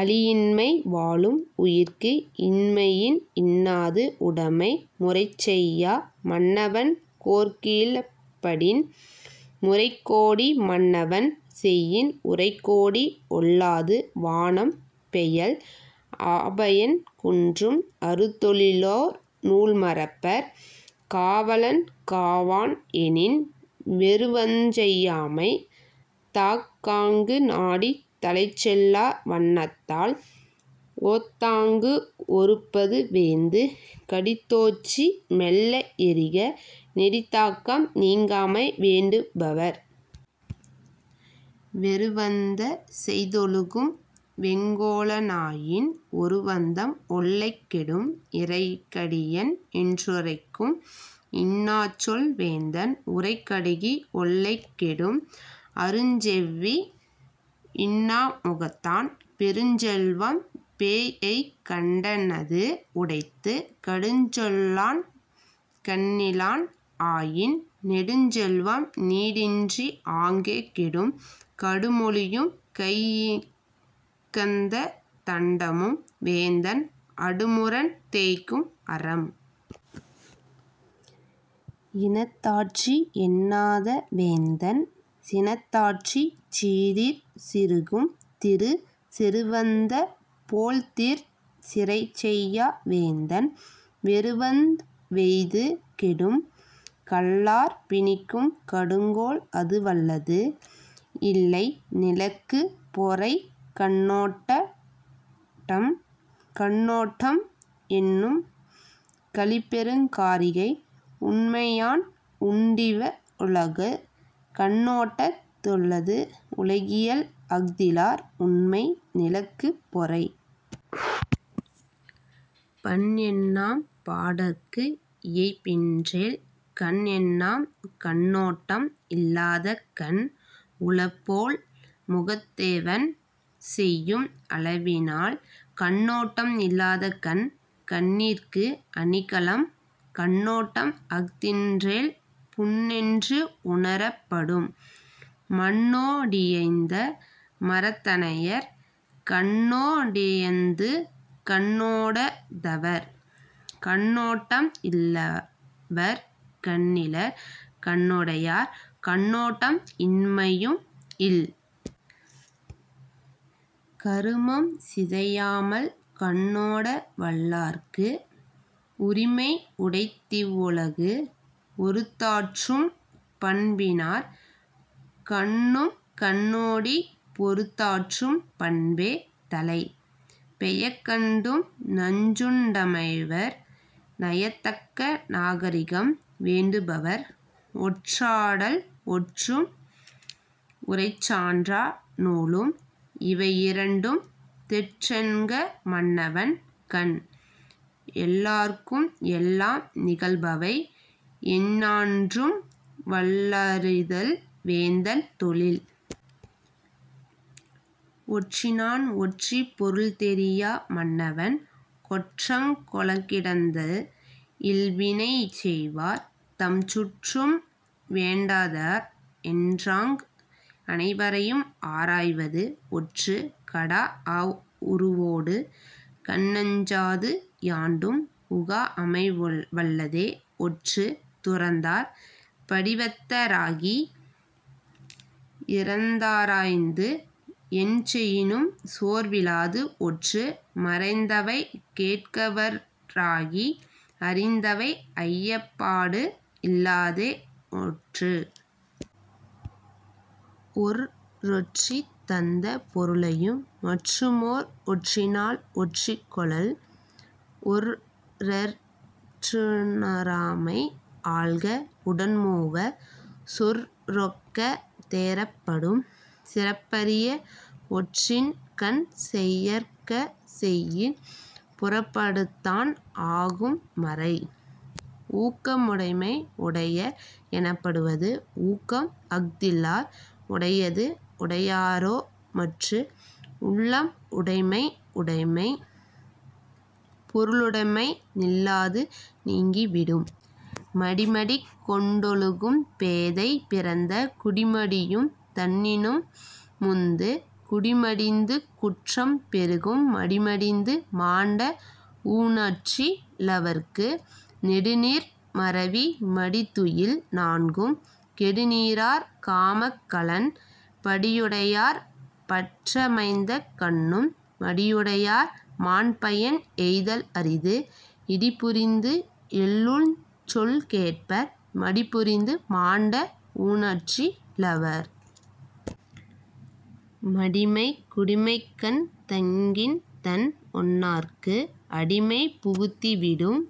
அளியின்மை வாழும் உயிர்க்கு. இன்மையின் இன்னாது உடைமை முறைசெய்யா மன்னவன் கோற்கீழ்ப் படின். முறைகோடி மன்னவன் செய்யின் உறைகோடி ஒல்லாது வானம் பெயல். ஆபயன் குன்றும் அறுதொழிலோர் நூல்மறப்பர் காவலன் காவான் எனின். வெருவந்தசெய்யாமை தக்காங்கு நாடித் தலைச்செல்லா வண்ணத்தால் ஒத்தாங்கு ஒறுப்பது வேந்து. கடிதோச்சி மெல்ல எறிக நெடிதாக்கம் நீங்காமை வேண்டு பவர். வெருவந்த செய்தொழுகும் வெங்கோல னாயின் ஒருவந்தம் ஒல்லைக் கெடும். இறைகடியன் என்றுரைக்கும் இன்னாச்சொல் வேந்தன் உறைகடுகி ஒல்லைக் கெடும். அருஞ்செவ்வி இன்னா முகத்தான் பெருஞ்செல்வம் பேஎய்கண் டன்னது உடைத்து. கடுஞ்சொல்லன் கண்ணிலன் ஆயின் நெடுஞ்செல்வம் நீடின்றி ஆங்கே கெடும். கடுமொழியும் கையிகந்த தண்டமும் வேந்தன் அடுமுரண் தேய்க்கும் அரம். இனத்தாற்றி எண்ணாத வேந்தன் சினத்தாற்றிச் சீறிற் சிறுகும் திரு. செருவந்த போழ்திற் சிறைசெய்யா வேந்தன் வெருவந்து வெய்து கெடும். கல்லார்ப் பிணிக்கும் கடுங்கோல் அதுவல்லது இல்லை நிலக்குப் பொறை. கண்ணோட் டம் கண்ணோட்டம் என்னும் கழிபெருங் காரிகை உண்மையான் உண்டிவ் வுலகு. கண்ணோட்டத் துள்ளது உலகியல் அஃதிலார் உண்மை நிலக்குப் பொறை. பண்என்னாம் பாடற்கு இயைபின்றேல் கண்என்னாம் கண்ணோட்டம் இல்லாத கண். உளபோல் முகத்தெவன் செய்யும் அளவினால் கண்ணோட்டம் இல்லாத கண். கண்ணிற்கு அணிகலம் கண்ணோட்டம் அஃதின்றேல் புண்ணென்று உணரப் படும் மண்ணோ டியைந்த மரத்தனையர் கண்ணோ டியைந்துகண் ணோடா தவர். கண்ணோட் டம் இல்லவர் கண்ணிலர் கண்ணுடையார் கண்ணோட்டம் இன்மையும் இல். கருமம் சிதையாமல் கண்ணோட வல்லார்க்கு உரிமை உடைத்திவ் வுலகு. ஒறுத்தாற்றும் பண்பினார் கண்ணும்கண் ணோடிப் பொறுத்தாற்றும் பண்பே தலை. பெயக்கண்டும் நஞ்சுண் டமைவர் நயத்தக்க நாகரிகம் வேண்டு பவர். ஒற்றாடல் ஒற்றும் உரைசான்ற நூலும் இவையிரண்டும் தெற்றென்க மன்னவன் கண். எல்லார்க்கும் எல்லாம் நிகழ்பவை எஞ்ஞான்றும் வல்லறிதல் வேந்தன் தொழில். ஒற்றினான் ஒற்றிப் பொருள்தெரியா மன்னவன் கொற்றங் கொளக்கிடந்து இல். வினைசெய்வார் தம்சுற்றம் வேண்டாதார் என்றாங்கு அனைவரையும் ஆராய்வது ஒற்று. கடாஅ உருவொடு கண்ணஞ்சாது யாண்டும் உகாஅமை வல்லதே ஒற்று. துறந்தார் படிவத்த ராகி இறந்தாராய்ந்து என்செயினும் சோர்விலது ஒற்று. மறைந்தவை கேட்கவற் றாகி அறிந்தவை ஐயப்பாடு இல்லதே ஒற்று. ஒருறொற்றித் தந்த பொருளையும் மற்றுமோர் ஒற்றினால் ஒற்றிக் கொளல். ஒற்றெற் றுணராமை ஆள்க உடன்மூவர் சொற்றொக்க தேறப் படும். சிறப்பறிய ஒற்றின்கண் செய்யற்க செய்யின் புறப்படுத்தான் ஆகும் மறை. ஊக்கமுடைமை உடையர் எனப்படுவது ஊக்கம் அஃ தில்லார் உடையது உடையரோ மற்று. உள்ளம் உடைமை உடைமை பொருளுடைமை நில்லாது நீங்கி விடும். மடிமடிக் கொண்டொழுகும் பேதை பிறந்த குடிமடியும் தன்னினும் முந்து. குடிமடிந்து குற்றம் பெருகும் மடிமடிந்து மாண்ட உஞற்றி லவர்க்கு. நெடுநீர் மறவி மடிதுயில் நான்கும் கெடுநீரார் காமக் கலன். படியுடையார் பற்றமைந்தக் கண்ணும் மடியுடையார் மாண்பயன் எய்தல் அரிது. இடிபுரிந்து எள்ளுஞ் சொல் கேட்பர் மடிபுரிந்து மாண்ட உஞற்றி லவர். மடிமை குடிமைக்கண் தங்கின்தன் ஒன்னார்க்கு அடிமை புகுத்தி விடும்.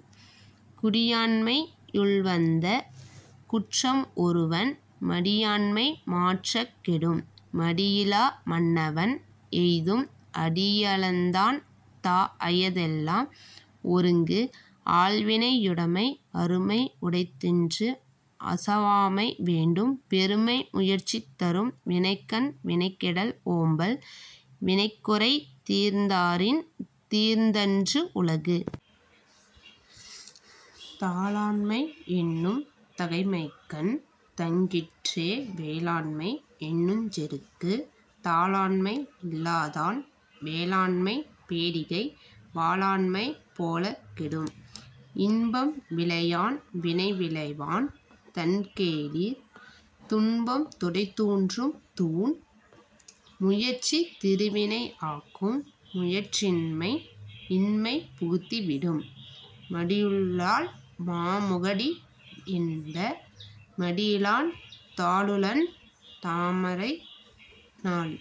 குடியாண்மை யுள்வந்த குற்றம் ஒருவன் மடியாண்மை மாற்றக் கெடும். மடியிலா மன்னவன் எய்தும் அடியளந்தான் தாஅய தெல்லாம் ஒருங்கு. ஆள்வினையுடைமை அருமை உடைத்தென்று அசாவாமை வேண்டும் பெருமை முயற்சி தரும். வினைக்கண் வினைகெடல் ஓம்பல் வினைக்குறை தீர்ந்தாரின் தீர்ந்தன்று உலகு. தாளாண்மை என்னும் தகைமைக்கண் தங்கிற்றே வேளாண்மை என்னுஞ் செருக்கு. தாளாண்மை இல்லாதான் வேளாண்மை பேடிகை வாளாண்மை போலக் கெடும். இன்பம் விழையான் வினைவிழைவான் தன்கேளிர் துன்பம் துடைத்தூன்றும் தூண். முயற்சி திருவினை ஆக்கும் முயற்றின்மை இன்மை புகுத்தி விடும். மடியுளாள் மாமுகடி என்ப மடியிலான் தாளுளான் தாமரையி னாள்.।